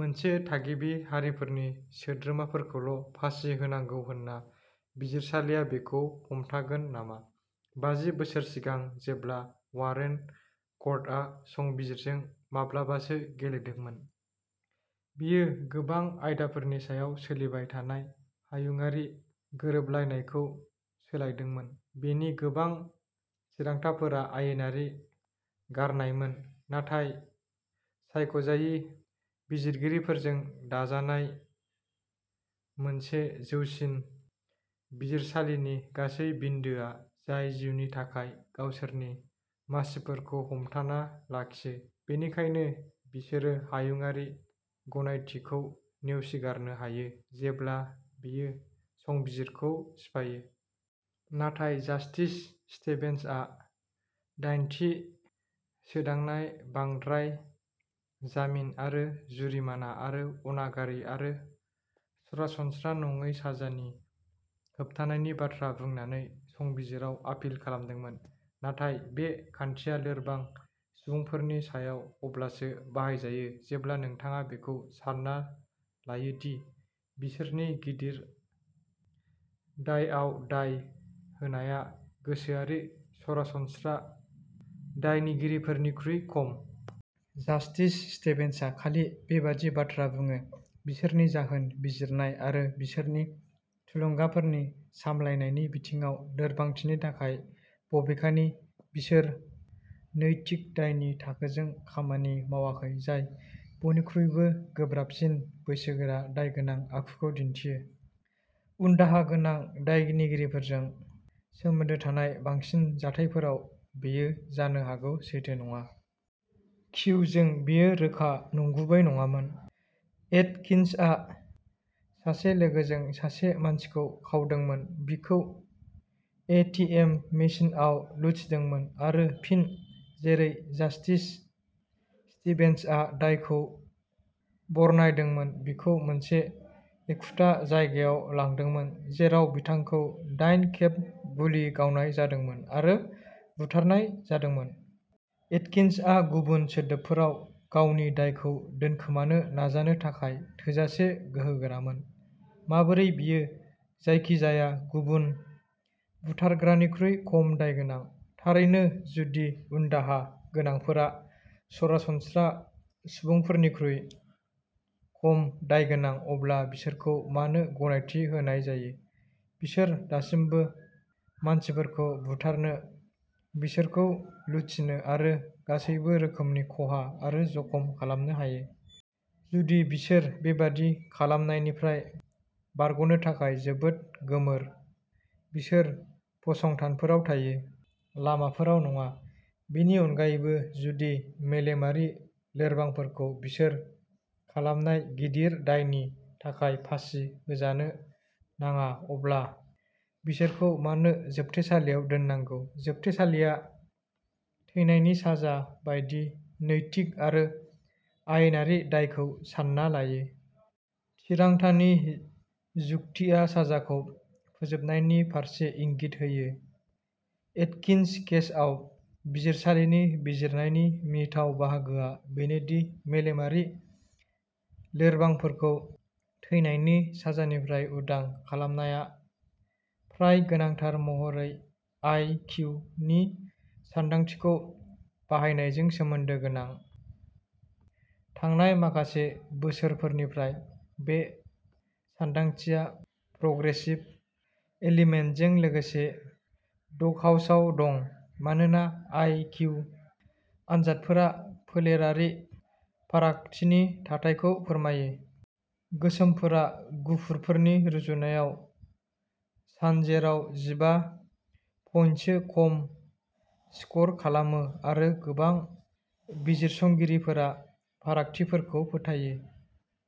माखासे थागिबि हारिफोरनि सोद्रोमाफोरखौल' फासि होनांगौ होनना बिजिरसालिया बेखौ हमथागोन नामा? बाजि बोसोर सिगां, जेब्ला वारेन कर्टआ संबिजिरजों माब्लाबासो गेलेदोंमोन, बेयो गोबां आयदाफोरनि सायाव सोलिबाय थानाय हायुङारि गोरोबलायनाय खौ सोलायदोंमोन। बेनि गोबां थिरांथाफोरा आयेनारि गारनायमोन, नाथाय सायख'जायि बिजिरगिरिफोरजों दाजानाय मोनसे जौसिन बिजिरसालिनि गासै बिन्दोआ जाय जिउनि थाखाय गावसोरनि मासिफोरखौ हमथाना लाखियो, बेनिखायनो बिसोरो हायुङारि गनायथि खौ नेवसिगारनो हायो जेब्ला बेयो संबिजिरखौ सिफायो। नाथाय जास्टिस स्टेभेन्सआ दाइनथि सोदांनाय बांद्राय जामिन आरो जुरिमाना आरो अनागारि आरो सरासनस्रा नङै साजा नि होबथानायनि बाथ्रा बुंनानै संबिजिराव आपिल खालामदोंमोन। नाथाय बे खान्थिया लोरबां सुबुंफोरनि सायाव अब्लासो बाहायजायो जेब्ला नोंथाङा बेखौ सान्ना लायो दि बिसोरनि गिदिर दायआव दाय होनाया गोसोआरि सरासनस्रा दायगिरिफोरनिख्रुइ खम। जास्टिस स्टेभेन्सआ खालि बेबादि बाथ्रा बुङो बिसोरनि जाहोन बिजिरनाय आरो बिसोरनि थुलुंगाफोरनि सामलायनायनि बिथिङाव लोरबांथिनि थाखाय बबेखानि बिसोर नैतिक दायनि थाखोजों खामानि मावाखै जाय बयनिख्रुइबो गोब्राबसिन बैसोगोरा दायगोनां आखुखौ दिन्थियो। उनदाहा गोनां दायनिगिरिफोरजों सोमोन्दो थानाय बांसिन जाथायफोराव बेयो जानो हागौ सैथो नङा। किउ जों, बेयो रोखा नंगुबै नङामोन। एटकिन्सआ सासे लोगोजों सासे मानसिखौ खावदोंमोन बिखौ ए टि एम मेसिनआव लुथिदोंमोन आरो फिन, जेरै जास्टिस स्टिभेन्सआ दायखौ बरनायदोंमोन बिखौ मोनसे एखुथा जायगायाव लांदोंमोन जेराव बिथांखौ दाइन खेब गुलि गावनाय जादोंमोन आरो बुथारनाय जादोंमोन। एटकिन्सआ गुबुन सोदोबफोराव, गावनि दायखौ दोनखोमानो नाजानो थाखाय थोजासे गोहोगोरामोन। माबोरै बियो जायखिजाया गुबुन बुथारग्रानिख्रुइ खम दायगोनां? थारैनो जुदि उनदाहा गोनांफोरा सरासनस्रा सुबुंफोरनिख्रुइ खम दायगोनां अब्ला बिसोरखौ मानो गनायथि होनाय जायो? बिसोर दासिमबो मानसिफोरखौ बुथारनो बिसोरखौ लुथिनो आरो गासैबो रोखोमनि खहा आरो जखम खालामनो हायो। जुदि बिसोर बेबादि खालामनायनिफ्राय बारग'नो थाखाय जोबोद गोमोर बिसोर फसंथानफोराव थायो, लामाफोराव नङा। बेनि अनगायैबो जुदि मेलेमारि लोरबांफोरखौ बिसोर खालामनाय गिदिर दायनि थाखाय फासि होजानो नाङा अब्ला बिसोरखौ मानो जोबथेसालियाव दोननांगौ? जोबथेसालिया थैनायनि साजा बायदि नैतिक आरो आयेनारि दायखौ सानना लायो। थिरांथानि जुक्तिआ साजाखौ फोजोबनायनि फारसे इंगित होयो। एटकिन्स केसआव बिजिरसालिनि बिजिरनायनि मिनिथाव बाहागोआ बेनो दि मेलेमारि लोरबांफोरखौ थैनायनि साजानिफ्राय उदां खालामनाया फ्राय गोनांथार महरै आइ किउ नि सानदांथिखौ बाहायनायजों सोमोन्दो गोनां। थांनाय माखासे बोसोरफोरनिफ्राय बे सानदांथिया प्रग्रेसिभ एलिमेन्टजों लोगोसे डगहाउसाव दं मानोना आइ किउ आनजादफोरा फोलेरारि फारागथिनि थाथायखौ फोरमायो। गोसोमफोरा गुफुरफोरनि रुजुनायाव सानजेराव जिबा पइन्टसो खम स्कर खालामो आरो गोबां बिजिरसंगिरिफोरा फारागथिफोरखौ फोथायो।